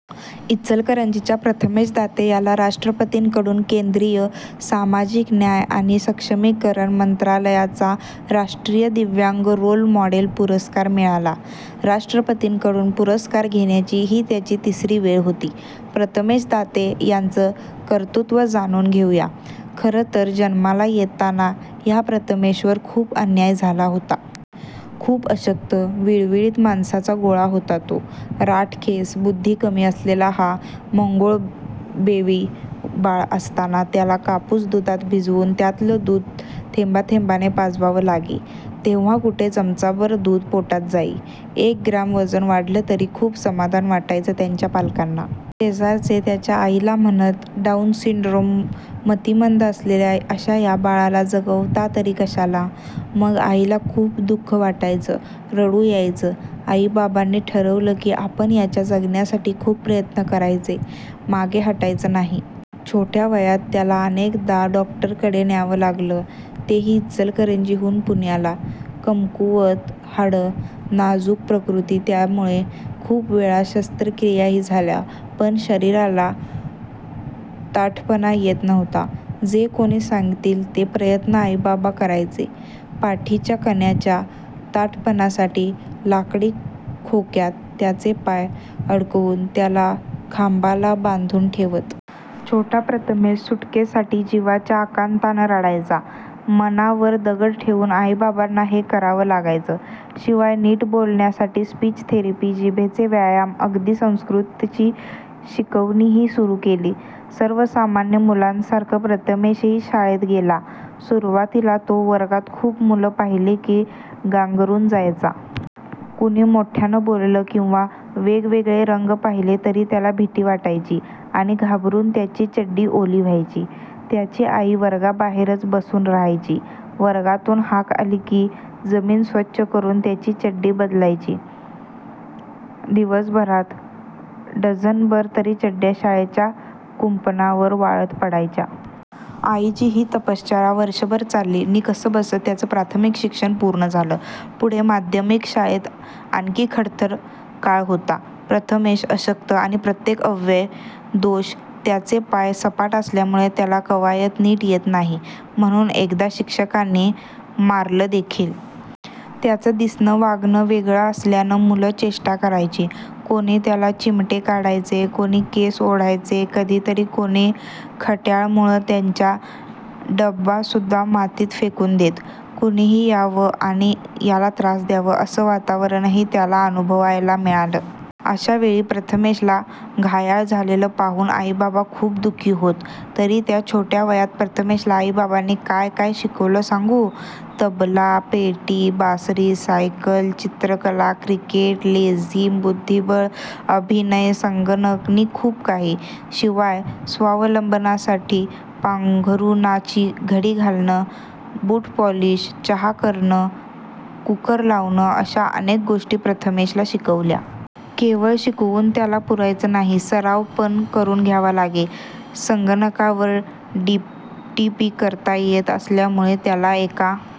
इचलकरंजीच्या प्रथमेश दाते याला राष्ट्रपतींकडून केंद्रीय 'सामाजिक न्याय आणि सक्षमीकरण मंत्रालया'चा 'राष्ट्रीय दिव्यांग रोल मॉडेल' पुरस्कार मिळाला. राष्ट्रपतींकडून पुरस्कार घेण्याची ही त्याची तिसरी वेळ होती. प्रथमेश दाते याचं कर्तृत्व जाणून घेऊ या. खरं तर जन्माला येताना ह्या प्रथमेशवर खूप अन्याय झाला होता. खूप अशक्त, विळविळीत मांसाचा गोळा होता तो! राठ केस, बुद्धी कमी असलेला हा मंगोलबेबी. बाळ असताना त्याला कापूस दुधात भिजवून त्यातलं दूध थेंबाथेंबाने पाजावं लागे, तेव्हा कुठे चमचाभर दूध पोटात जाई. एक ग्रॅम वजन वाढलं तरी खूप समाधान वाटायचं त्याच्या पालकांना. शेजारचे त्याच्या आईला म्हणत, 'डाऊन सिंड्रोम, मतिमंद असलेल्या अशा या बाळाला जगवता तरी कशाला? ' मग आईला खूप दुःख वाटायचं, रडू यायचं. आईबाबांनी ठरवलं की आपण याच्या जगण्यासाठी खूप प्रयत्न करायचे, मागे हटायचं नाही. छोट्या वयात त्याला अनेकदा डॉक्टरकडे न्यावं लागलं, तेही इचलकरंजीहून पुण्याला. कमकुवत हाडं, नाजूक प्रकृती त्यामुळे खूप वेळा शस्त्रक्रियाही झाल्या. पण शरीराला ताठपणा येत नव्हता. जे कोणी सांगतील ते प्रयत्न आईबाबा करायचे. पाठीच्या कण्याच्या ताठपणासाठी लाकडी खोक्यात त्याचे पाय अडकवून त्याला खांबाला बांधून ठेवत. छोटा प्रथमेश सुटकेसाठी जिवाच्या आकांतानं रडायचा. मनावर दगड ठेवून आईबाबांना हे करावं लागायचं. शिवाय नीट बोलण्यासाठी स्पीच थेरपी, जिभेचे व्यायाम... अगदी संस्कृतची शिकवणीही सुरू केली. सर्वसामान्य मुलांसारखा प्रथमेशही शाळेत गेला. सुरुवातीला तो वर्गात खूप मुलं पाहिली की गांगरून जायचा. कुणी मोठ्यानं बोललं किंवा वेगवेगळे रंग पाहिले तरी त्याला भीती वाटायची, आणि घाबरून त्याची चड्डी ओली व्हायची. त्याची आई वर्गाबाहेरच बसून राहायची. वर्गातून हाक आली की जमीन स्वच्छ करून त्याची चड्डी बदलायची. दिवसभरात डझनभर तरी चड्ड्या शाळेच्या कुंपणावर वाळत पडायच्या. आईची ही तपश्चर्या वर्षभर चालली नि कसंबसं त्याचं प्राथमिक शिक्षण पूर्ण झालं. पुढे माध्यमिक शाळेत आणखी खडतर काळ होता. प्रथमेश अशक्त आणि प्रत्येक अवयवात दोष, त्याचे पाय सपाट असल्यामुळे त्याला कवायत नीट येत नाही, म्हणून एकदा शिक्षकांनी मारलंदेखील! त्याचं दिसणं, वागणं वेगळं असल्यानं मुलं चेष्टा करायची, कोणी त्याला चिमटे काढायचे, कोणी केस ओढायचे, कधीतरी कोणी खट्याळ मुलं त्याचा डबासुद्धा मातीत फेकून देत. कुणीही यावं आणि याला त्रास द्यावा, असं वातावरणही त्याला अनुभवायला मिळालं. अशा वेळी प्रथमेशला घायाळ झालेलं पाहून आईबाबा खूप दुःखी होत. तरी त्या छोट्या वयात प्रथमेशला आईबाबांनी काय-काय शिकवलं सांगू? तबला, पेटी, बासरी, सायकल, चित्रकला, क्रिकेट, लेझीम, बुद्धिबळ, अभिनय, संगणक नि खूप काही. शिवाय स्वावलंबनासाठी पांघरुणाची घडी घालणं, बूटपॉलिश, चहा करणं, कूकर लावणं अशा अनेक गोष्टी प्रथमेशला शिकवल्या. केवळ शिकवून त्याला पुरायचं नाही, सरावपण करून घ्यावा लागे. संगणकावर डीटीपी करता येत असल्यामुळे त्याला एका